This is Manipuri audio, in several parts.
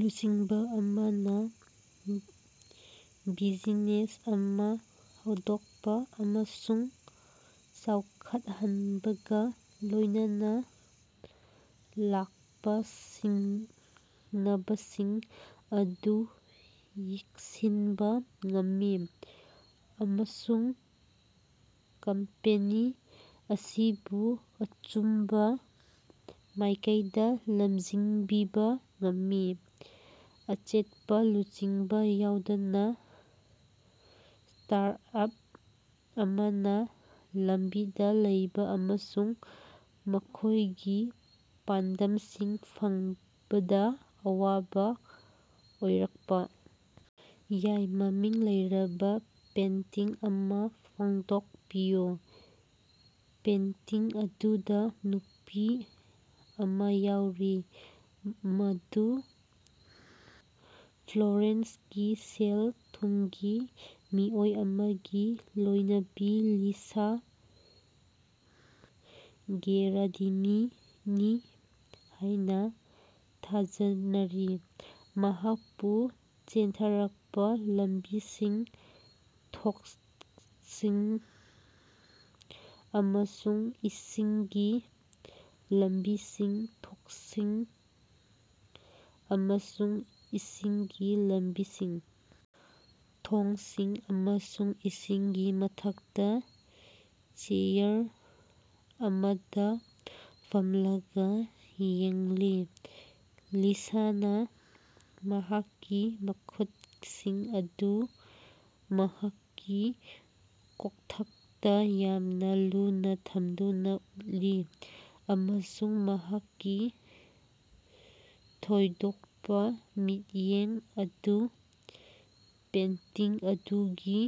ꯂꯨꯆꯤꯡꯕ ꯑꯃꯅ ꯕꯤꯖꯤꯅꯦꯁ ꯑꯃ ꯍꯧꯗꯣꯛꯄ ꯑꯃꯁꯨꯡ ꯆꯥꯎꯈꯠꯍꯟꯕꯒ ꯂꯣꯏꯅꯅ ꯂꯥꯛꯄ ꯁꯤꯡꯅꯕꯁꯤꯡ ꯑꯗꯨ ꯌꯦꯡꯁꯤꯟꯕ ꯉꯝꯃꯤ꯫ ꯑꯃꯁꯨꯡ ꯀꯝꯄꯦꯅꯤ ꯑꯁꯤꯕꯨ ꯑꯆꯨꯝꯕ ꯃꯥꯏꯀꯩꯗ ꯂꯃꯖꯤꯡꯕꯤꯕ ꯉꯝꯃꯤ꯫ ꯑꯆꯦꯠꯄ ꯂꯨꯆꯤꯡꯕ ꯌꯥꯎꯗꯅ ꯁ꯭ꯇꯥꯔꯇꯑꯞ ꯑꯃꯅ ꯂꯝꯕꯤꯗ ꯂꯩꯕ ꯑꯃꯁꯨꯡ ꯃꯈꯣꯏꯒꯤ ꯄꯥꯟꯗꯝꯁꯤꯡ ꯐꯪꯕꯗ ꯑꯋꯥꯕ ꯑꯣꯏꯔꯛꯄ ꯌꯥꯏ꯫ ꯃꯃꯤꯡ ꯂꯩꯔꯕ ꯄꯦꯟꯇꯤꯡ ꯑꯃ ꯐꯣꯡꯗꯣꯛꯄꯤꯌꯨ꯫ ꯄꯦꯟꯇꯤꯡ ꯑꯗꯨꯗ ꯅꯨꯄꯤ ꯑꯃ ꯌꯥꯎꯔꯤ꯫ ꯃꯗꯨ ꯐ꯭ꯂꯣꯔꯦꯟꯁꯀꯤ ꯁꯦꯜ ꯊꯨꯝꯒꯤ ꯃꯤꯑꯣꯏ ꯑꯃꯒꯤ ꯂꯣꯏꯅꯕꯤ ꯂꯤꯁꯥ ꯒꯦꯔꯥꯗꯤꯅꯤꯅꯤ ꯍꯥꯏꯅ ꯊꯥꯖꯅꯔꯤ꯫ ꯃꯍꯥꯛꯄꯨ ꯆꯦꯟꯊꯔꯛꯄ ꯂꯝꯕꯤꯁꯤꯡ, ꯊꯣꯡꯁꯤꯡ ꯑꯃꯁꯨꯡ ꯏꯁꯤꯡꯒꯤ ꯂꯝꯕꯤꯁꯤꯡ, ꯊꯣꯡꯁꯤꯡ ꯑꯃꯁꯨꯡ ꯏꯁꯤꯡꯒꯤ ꯂꯝꯕꯤꯁꯤꯡ, ꯊꯣꯡꯁꯤꯡ ꯑꯃꯁꯨꯡ ꯏꯁꯤꯡꯒꯤ ꯃꯊꯛꯇꯥ ꯆꯦꯌꯔ ꯑꯃꯗ ꯐꯝꯂꯒ ꯌꯦꯡꯂꯤ꯫ ꯂꯤꯁꯥꯅꯥ ꯃꯍꯥꯛꯀꯤ ꯃꯈꯨꯠꯁꯤꯡ ꯑꯗꯨ ꯃꯍꯥꯛꯀꯤ ꯀꯣꯛꯊꯛꯇ ꯌꯥꯝꯅ ꯂꯨꯅ ꯊꯝꯗꯨꯅ ꯎꯠꯂꯤ꯫ ꯑꯃꯁꯨꯡ ꯃꯍꯥꯛꯀꯤ ꯊꯣꯏꯗꯣꯛꯄ ꯃꯤꯠꯌꯦꯡ ꯑꯗꯨꯅ ꯄꯦꯟꯇꯤꯡ ꯑꯗꯨꯒꯤ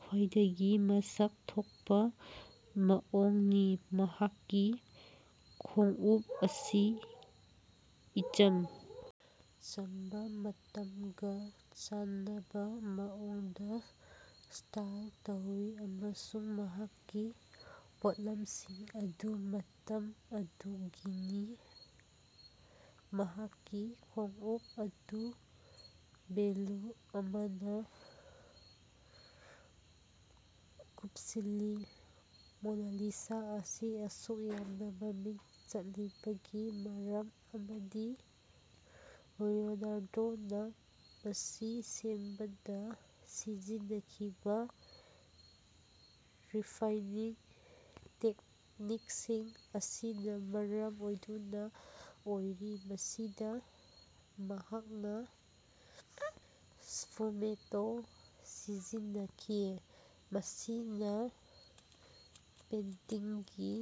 ꯈ꯭ꯋꯥꯏꯗꯒꯤ ꯃꯁꯛ ꯊꯣꯛꯄ ꯃꯑꯣꯡꯅꯤ꯫ ꯃꯍꯥꯛꯀꯤ ꯈꯣꯡꯎꯞ ꯑꯁꯤ ꯏꯆꯝ ꯆꯝꯕ ꯃꯇꯝꯒ ꯆꯥꯟꯅꯕ ꯃꯑꯣꯡꯗ ꯁ꯭ꯇꯥꯏꯜ ꯇꯧꯏ ꯑꯃꯁꯨꯡ ꯃꯍꯥꯛꯀꯤ ꯄꯣꯠꯂꯝꯁꯤꯡ ꯑꯗꯨ ꯃꯇꯝ ꯑꯗꯨꯒꯤꯅꯤ ꯃꯍꯥꯛꯀꯤ ꯈꯣꯡꯎꯞ ꯑꯗꯨ ꯚꯦꯜꯌꯨ ꯑꯃꯅ ꯀꯨꯄꯁꯤꯜꯂꯤ꯫ ꯃꯣꯅꯥꯂꯤꯁꯥ ꯑꯁꯤ ꯑꯁꯨꯛ ꯌꯥꯝꯅ ꯃꯃꯤꯡ ꯆꯠꯂꯤꯕꯒꯤ ꯃꯔꯝ ꯑꯃꯗꯤ ꯂꯤꯑꯣꯅꯥꯔꯗꯣꯅꯥ ꯃꯁꯤ ꯁꯦꯝꯕꯗ ꯁꯤꯖꯤꯟꯅꯈꯤꯕ ꯔꯤꯐꯥꯏꯅꯤꯡ ꯇꯦꯛꯅꯤꯛꯁꯤꯡ ꯑꯁꯤꯅ ꯃꯔꯝ ꯑꯣꯏꯗꯨꯅ ꯑꯣꯏꯔꯤ꯫ ꯃꯁꯤꯗ ꯃꯍꯥꯛꯅ ꯁ꯭ꯐꯨꯃꯦꯇꯣ ꯁꯤꯖꯤꯟꯅꯈꯤ꯫ ꯃꯁꯤꯅꯥ ꯄꯦꯟꯇꯤꯡꯒꯤ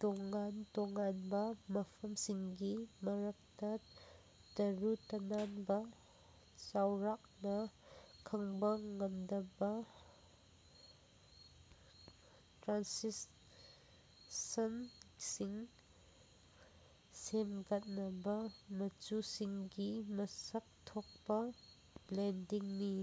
ꯇꯣꯉꯥꯟ ꯇꯣꯉꯥꯅꯕꯥ ꯃꯐꯝꯁꯤꯡꯒꯤ ꯃꯔꯛꯇ ꯇꯔꯨ ꯇꯅꯥꯟꯕ ꯆꯥꯎꯔꯥꯛꯅ ꯈꯪꯕ ꯉꯝꯗꯕ ꯇ꯭ꯔꯥꯟꯁꯤꯁꯟꯁꯤꯡ ꯁꯦꯝꯒꯠꯅꯕ ꯃꯆꯨꯁꯤꯡꯒꯤ ꯃꯁꯛ ꯊꯣꯛꯄ ꯕ꯭ꯂꯦꯟꯗꯤꯡꯅꯤ꯫.